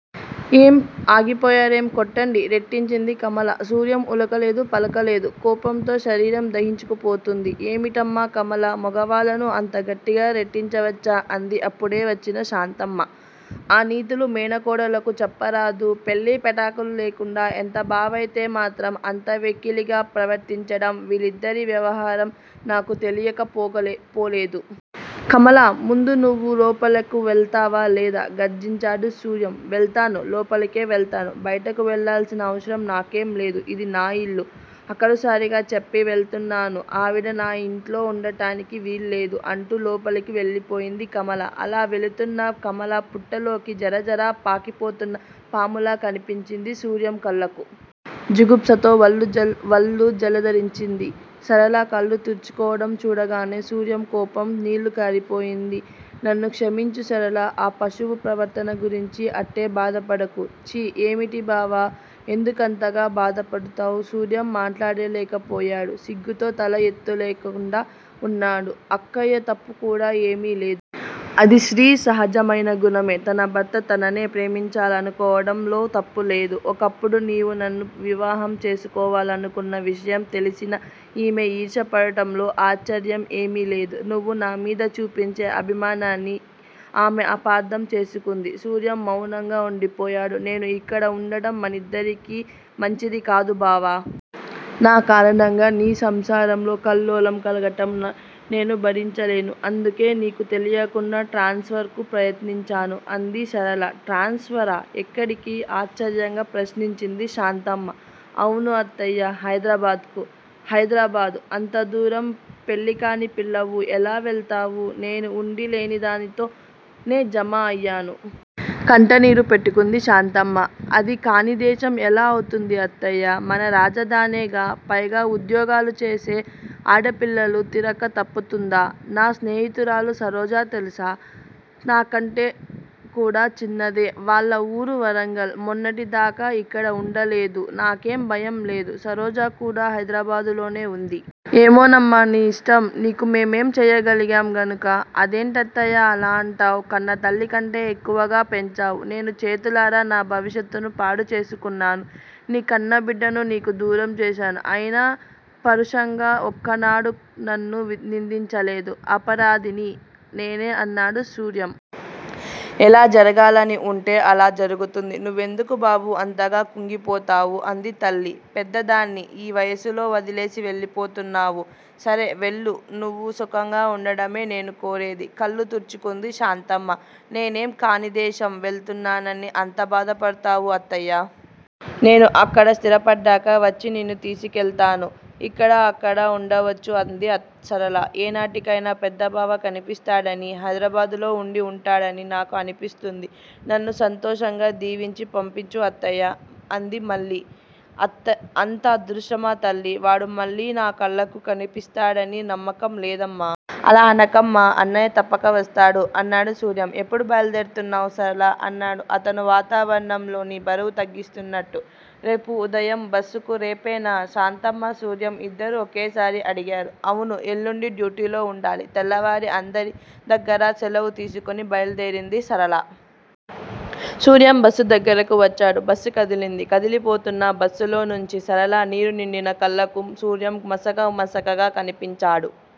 ఏం, ఆగిపోయారేం? కొట్టండి! రెట్టించింది కమల. సూర్యం ఉలకలేదు పలకలేదు. కోపంతో శరీరం దహించుకుపోతుంది. ఏమిటమ్మా కమలా మొగవాళ్ళను అంత గట్టిగా రెట్టించవచ్చా? అంది అప్పుడే వచ్చిన శాంతమ్మ. ఆ నీతులు మేనగోడలకు చెప్పరాదూ? పెళ్ళి పెటాకులు లేకుండా ఎంత బావైతేమాత్రం అంత వెక్కిలిగా ప్రవర్తించడం వీళ్ళిద్దరి వ్యవహారం నాకు తెలియక పోకలే పోలేదు. కమలా ముందు నువ్వు లోపలకు వెళతావా లేదా? గర్జించాడు సూర్యం. వెళతాను. లోపలకే వెళతాను. బయటకు వెళ్ళాల్సిన అవసరం నాకేంలేదు. ఇది నా ఇల్లు. ఆఖరుసారిగా చెప్పి వెళుతున్నాను, ఆవిడ నా ఇంట్లో ఉండటానికి వీలులేదు అంటూ లోపలకు వెళ్ళిపోయింది కమల. అలా వెళుతున్న కమల పుట్టలోకి జరజరా పాకిపోతున్న పాములా కనిపించింది సూర్యం కళ్ళకు. జుగుప్సతో వళ్ళు వళ్ళు జలదరించింది. సరళ కళ్ళు తుడుచుకోవటం చూడగానే సూర్యం కోపం నీళ్ళు కారిపోయింది. నన్ను క్షమించు సరళా! ఆ పశువు ప్రవర్తన గురించి అట్టే బాధపడకు. ఛీ! ఏమిటి బావా, ఎందుకంతగా బాధపడతావు? సూర్యం మాట్లాడలేకపోయాడు. సిగ్గుతో తల ఎత్తలేకుండా ఉన్నాడు. అక్కయ్య తప్పుకూడా ఏమీలేదు. అది స్త్రీ సహజమైన గుణమే! తన భర్త తననే ప్రేమించాలనుకోవడంలో తప్పులేదు. ఒకప్పుడు నీవు నన్ను వివాహం చేసుకోవాలనుకున్న విషయం తెలిసిన ఈమె ఈర్ష్యపడటంలో ఆశ్చర్యం ఏమీలేదు. నువ్వు నామీద చూపించే అభిమానాన్ని ఆమె అపార్ధం చేసుకుంది సూర్యం మౌనంగా ఉండిపోయాడు. నేను ఇక్కడ ఉండటం మనిద్దరికీ మంచిదికాదు బావా! నా కారణంగా నీ సంసారంలో కల్లోలం కలగటం నేను భరించలేను. అందుకే నీకు తెలియకుండా ట్రాన్స్ ఫర్ కు ప్రయత్నించాను అంది సరళ. ట్రాన్స్ ఫరా? ఎక్కడికి? ఆశ్చర్యంగా ప్రశ్నించింది శాంతమ్మ. అవును అత్తయ్య! హైదరాబాదుకు. హైదరాబాదు! అంతదూరం పెళ్ళికాని పిల్లవు ఎలా వెళతావు? నేను ఉండీ లేనిదాంతోనే జమ అయ్యాను. కంట నీరు పెట్టుకుంది శాంతమ్మ. అది కానిదేశం ఎలా అవుతుంది అత్తయ్యా! మన రాజధానేగా? పైగా ఉద్యోగాలుచేసే ఆడపిల్లలు తిరక్క తప్పుతుందా? నా స్నేహితురాలు సరోజ తెల్సా? నాకంటేకూడా చిన్నదే. వాళ్ళ ఊరు వరంగల్. మొన్నటిదాకా ఇక్కడ వుండలేదూ? నాకేం భయం లేదు. సరోజ కూడా హైదరాబాదులోనే ఉంది. ఏమోనమ్మా, నీ ఇష్టం! నీకు మేం ఏం చెయ్యగలిగాం గనుక? అదేంటత్తయ్యా అలా అంటావు? కన్నతల్లికంటే ఎక్కువగా పెంచావు. నేను చేతులారా నా భవిష్యత్తును పాడు చేసుకున్నాను. నీ కన్నబిడ్డను నీకు దూరం చేశాను. అయినా పరుషంగా ఒక్కనాడూ నన్ను నిందించలేదు. అపరాధిని నేనే! అన్నాడు సూర్యం. ఎలా జరగాలని ఉంటే అలా జరుగుతుంది. నువ్వెందుకు బాబూ అంతగా కుంగిపోతావు? అంది తల్లి. పెద్దదాన్ని, ఈ వయసులో వదిలేసి వెళ్ళిపోతున్నావు. సరే వెళ్ళు! నువ్వు సుఖంగా వుండడమే నేను కోరేది. కళ్ళు తుడుచుకుంది శాంతమ్మ. నేను ఏం కానిదేశం వెళుతున్నానని అంత బాధపడతావు అత్తయ్యా! నేను అక్కడ స్థిరపడ్డాక వచ్చి నిన్ను తీసుకెళతాను. ఇక్కడా అక్కడా వుండవచ్చు అంది సరళ. ఏనాటికైనా పెద్దబావ కన్పిస్తాడనీ, హైదరాబాదులో ఉండి ఉంటాడనీ నాకు అన్పిస్తుంది. నన్ను సంతోషంగా దీవించి పంపించు అత్తయ్యా! అంది మళ్ళీ. అత్త అంత అదృష్టమా తల్లీ! వాడు మళ్ళీ నా కళ్ళకు కన్పిస్తాడని నమ్మకం లేదమ్మా! అలా అనకమ్మా! అన్నయ్య తప్పక వస్తాడు! అన్నాడు సూర్యం. ఎప్పుడు బయలుదేరుతున్నావ్ సరళా? అన్నాడు అతను వాతావరణంలోని బరువు తగ్గిస్తున్నట్టు. రేపు ఉదయం బస్ కు. రేపేనా? శాంతమ్మా, సూర్యం ఇద్దరూ ఒకేసారి అడిగారు. అవును. ఎల్లుండి డ్యూటీలో ఉండాలి. తెల్లవారి అందరి దగ్గరా శెలవు తీసుకొని బయలుదేరింది సరళ. సూర్యం బస్ దగ్గరకు వచ్చాడు. బస్ కదిలింది. కదిలిపోతున్న బస్ లోనుంచి, సరళ నీరునిండిన కళ్ళకు సూర్యం మసక మసకగా కన్పించాడు.